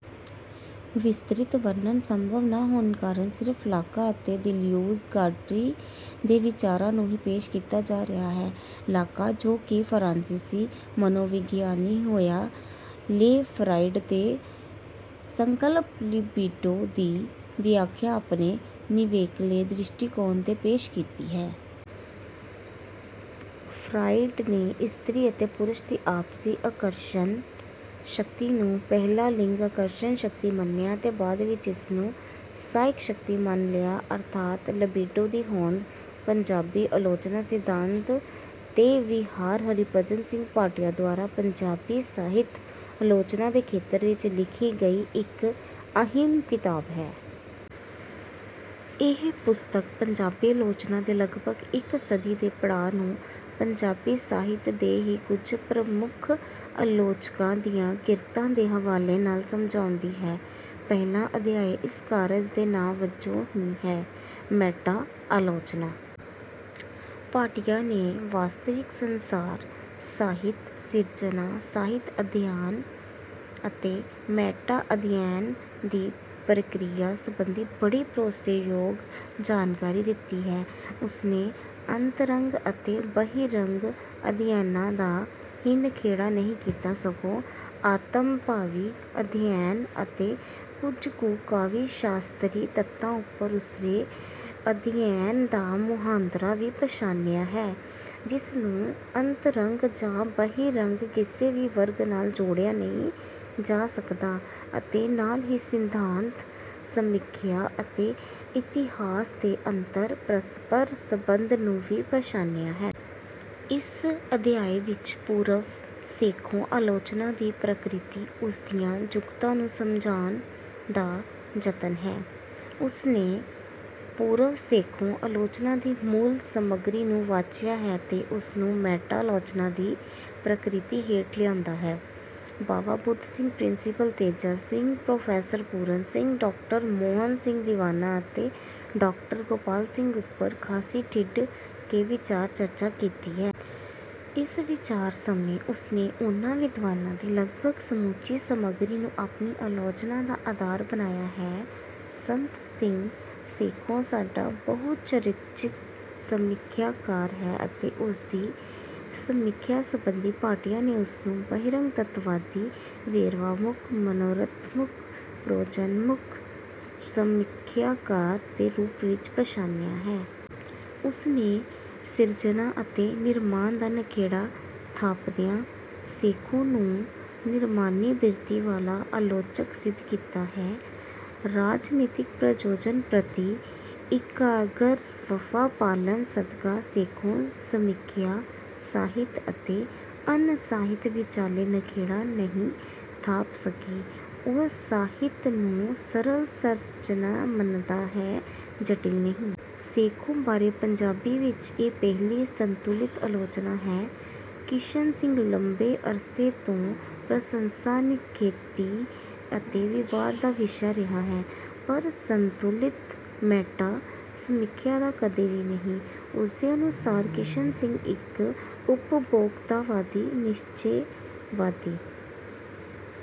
ਵਿਸਤ੍ਰਿਤ ਵਰਣਨ ਸੰਭਵ ਨਾ ਹੋਣ ਕਾਰਨ ਸਿਰਫ ਲਾਕਾਂ ਅਤੇ ਦੇਲਿਊਜ ਗਾਟਰੀ ਦੇ ਵਿਚਾਰਾਂ ਨੂੰ ਹੀ ਪੇਸ਼ ਕੀਤਾ ਜਾ ਰਿਹਾ ਹੈ। ਲਾਕਾਂ ਜੋ ਕਿ ਫਰਾਂਸੀਸੀ ਮਨੋਵਿਗਿਆਨੀ ਹੋਇਆ ਲੇ ਫਰਾਇਡ ਦੇ ਸੰਕਲਪ ਲਿਬਿਡੋ ਦੀ ਵਿਆਖਿਆ ਆਪਣੇ ਨਿਵੇਕਲੇ ਦ੍ਰਿਸ਼ਟੀਕੋਣ ਤੋਂ ਪੇਸ਼ ਕੀਤੀ ਹੈ। ਫਰਾਇਡ ਨੇ ਇਸਤਰੀ ਅਤੇ ਪੁਰਸ਼ ਦੀ ਆਪਸੀ ਆਕਰਸ਼ਣ ਸ਼ਕਤੀ ਨੂੰ ਪਹਿਲਾਂ ਲਿੰਗ ਆਕਰਸ਼ਣ ਸ਼ਕਤੀ ਮੰਨਿਆ ਅਤੇ ਬਾਅਦ ਵਿੱਚ ਇਸਨੂੰ ਸਾਇਕ ਸ਼ਕਤੀ ਮੰਨ ਲਿਆ ਅਰਥਾਤ ਲਿਬਿਡੋ ਦੀ ਹੋਂਦ। ਪੰਜਾਬੀ ਆਲੋਚਨਾ: ਸਿਧਾਂਤ ਤੇ ਵਿਹਾਰ ਹਰਿਭਜਨ ਸਿੰਘ ਭਾਟੀਆ ਦੁਆਰਾ ਪੰਜਾਬੀ ਸਾਹਿਤ ਆਲੋਚਨਾ ਦੇ ਖੇਤਰ ਵਿੱਚ ਲਿਖੀ ਗਈ ਇੱਕ ਅਹਿਮ ਕਿਤਾਬ ਹੈ। ਇਹ ਪੁਸਤਕ ਪੰਜਾਬੀ ਆਲੋਚਨਾ ਦੇ ਲਗਭਗ ਇੱਕ ਸਦੀ ਦੇ ਪੜਾਅ ਨੂੰ ਪੰਜਾਬੀ ਸਾਹਿਤ ਦੇ ਹੀ ਕੁਝ ਪ੍ਰਮੁੱਖ ਆਲੋਚਕਾਂ ਦੀਆਂ ਕਿਰਤਾਂ ਦੇ ਹਵਾਲੇ ਨਾਲ ਸਮਝਾਉਂਦੀ ਹੈ। ਪਹਿਲਾ ਅਧਿਆਏ ਇਸ ਕਾਰਜ ਦੇ ਨਾਂ ਵਜੋਂ ਹੀ ਹੈ: ਮੈਟਾ ਆਲੋਚਨਾ। ਭਾਟੀਆ ਨੇ ਵਾਸਤਵਿਕ ਸੰਸਾਰ, ਸਾਹਿਤ ਸਿਰਜਣਾ, ਸਾਹਿਤ ਅਧਿਐਨ ਅਤੇ ਮੈਟਾ ਅਧਿਐਨ ਦੀ ਪ੍ਰਕਿਰਿਆ ਸੰਬੰਧੀ ਬੜੀ ਭਰੋਸੇਯੋਗ ਜਾਣਕਾਰੀ ਦਿੱਤੀ ਹੈ। ਉਸਨੇ ਅੰਤਰੰਗ ਅਤੇ ਬਹਿਰੰਗ ਅਧਿਐਨਾਂ ਦਾ ਹੀ ਨਿਖੇੜਾ ਨਹੀਂ ਕੀਤਾ, ਸਗੋਂ ਆਤਮਭਾਵੀ ਅਧਿਐਨ ਅਤੇ ਕੁਝ ਕੁ ਕਾਵਿ-ਸ਼ਾਸਤਰੀ ਤਤਾਂ ਉੱਪਰ ਉਸਰੇ ਅਧਿਐਨ ਦਾ ਮੁਹਾਂਦਰਾ ਵੀ ਪਛਾਣਿਆ ਹੈ ਜਿਸ ਨੂੰ ਅੰਤਰੰਗ ਜਾਂ ਬਹਿਰੰਗ ਕਿਸੇ ਵੀ ਵਰਗ ਨਾਲ ਜੋੜਿਆ ਨਹੀਂ ਜਾ ਸਕਦਾ ਅਤੇ ਨਾਲ ਹੀ ਸਿਧਾਂਤ, ਸਮੀਖਿਆ ਅਤੇ ਇਤਿਹਾਸ ਦੇ ਅੰਤਰ ਪ੍ਰਸਪਰ ਸੰਬੰਧ ਨੂੰ ਵੀ ਪਛਾਣਿਆ ਹੈ। ਇਸ ਅਧਿਆਏ ਵਿੱਚ ਪੂਰਵ-ਸੇਖੋਂ ਆਲੋਚਨਾ ਦੀ ਪ੍ਰਕਿਰਤੀ, ਉਸਦੀਆਂ ਜੁਗਤਾਂ ਨੂੰ ਸਮਝਣ ਦਾ ਜਤਨ ਹੈ। ਉਸਨੇ ਪੂਰਵ-ਸੇਖੋਂ ਆਲੋਚਨਾ ਦੀ ਮੂਲ ਸਮੱਗਰੀ ਨੂੰ ਵਾਚਿਆ ਹੈ ਤੇ ਉਸਨੂੰ ਮੈਟਾ ਆਲੋਚਨਾ ਦੀ ਪ੍ਰਕਿਰਤੀ ਹੇਠ ਲਿਆਂਦਾ ਹੈ। Bawa Budh Singh, principal Teja Singh, professor Puran Singh, doctor Mohan Singh Diwana ਅਤੇ ਡਾਕਟਰ ਗੋਪਾਲ ਸਿੰਘ ਉੱਪਰ ਖਾਸੀ ਠਿਠ ਕੇ ਵਿਚਾਰ ਚਰਚਾ ਕੀਤੀ ਹੈ। ਇਸ ਵਿਚਾਰ ਸਮੇਂ ਉਸਨੇ ਓਨਾਂ ਵਿਦਵਾਨਾਂ ਦੀ ਲਗਭਗ ਸਮੁੱਚੀ ਸਮੱਗਰੀ ਨੂੰ ਆਪਣੀ ਆਲੋਚਨਾ ਦਾ ਆਧਾਰ ਬਣਾਇਆ ਹੈ। ਸੰਤ ਸਿੰਘ ਸੇਖੋਂ ਸਾਡਾ ਬਹੁਚਰਚਿਤ ਸਮੀਖਿਆਕਾਰ ਹੈ ਤੇ ਉਸਦੀ ਸਮੀਖਿਆ ਸੰਬੰਧੀ ਭਾਟੀਆ ਨੇ ਉਸਨੂੰ ਬਹਿਰੰਗ, ਤੱਤਵਾਦੀ, ਵੇਰਵਾਮੁੱਖ, ਮਨੋਰਥਮੁੱਖ, ਪ੍ਰਯੋਜਨਮੁੱਖ ਸਮੀਖਿਆਕਾਰ ਦੇ ਰੂਪ ਵਿੱਚ ਪਛਾਣਿਆ ਹੈ। ਉਸਨੇ ਸਿਰਜਣਾ ਅਤੇ ਨਿਰਮਾਣ ਦਾ ਨਿਖੇੜਾ ਥਾਪਦਿਆਂ ਸੇਖੋਂ ਨੂੰ ਨਿਰਮਾਣੀ ਬਿਰਤੀ ਵਾਲਾ ਆਲੋਚਕ ਸਿੱਧ ਕੀਤਾ ਹੈ। ਰਾਜਨੀਤਕ ਪ੍ਰਯੋਜਨ ਪ੍ਰਤੀ ਇਕਾਗਰ ਵਫ਼ਾ ਪਾਲਣ ਸਦਕਾ ਸੇਖੋਂ ਸਮੀਖਿਆ ਸਾਹਿਤ ਅਤੇ ਅਣਸਾਹਿਤ ਵਿੱਚਾਲੇ ਨਿਖੇੜਾ ਨਹੀਂ ਥਾਪ ਸਕੀ, ਉਹ ਸਾਹਿਤ ਨੂੰ ਸਰਲ ਸਰੰਚਨਾ ਮੰਨਦਾ ਹੈ, ਜਟਿਲ ਨਹੀਂ। ਸੇਖੋਂ ਬਾਰੇ ਪੰਜਾਬੀ ਵਿੱਚ ਇਹ ਪਹਿਲੀ ਸੰਤੁਲਿਤ ਆਲੋਚਨਾ ਹੈ। ਕਿਸ਼ਨ ਸਿੰਘ ਲੰਮੇ ਅਰਸੇ ਤੋਂ ਪ੍ਰਸੰਸਾ, ਨਿਖੇਧੀ ਅਤੇ ਵਿਵਾਦ ਦਾ ਵਿਸ਼ਾ ਰਿਹਾ ਹੈ ਪਰ ਸੰਤੁਲਿਤ ਮੈਟਾ ਸਮੀਖਿਆ ਦਾ ਕਦੇ ਵੀ ਨਹੀਂ। ਉਸਦੇ ਅਨੁਸਾਰ ਕਿਸ਼ਨ ਸਿੰਘ ਇੱਕ ਉਪਭੋਗਤਾਵਾਦੀ, ਨਿਸ਼ਚੇਵਾਦੀ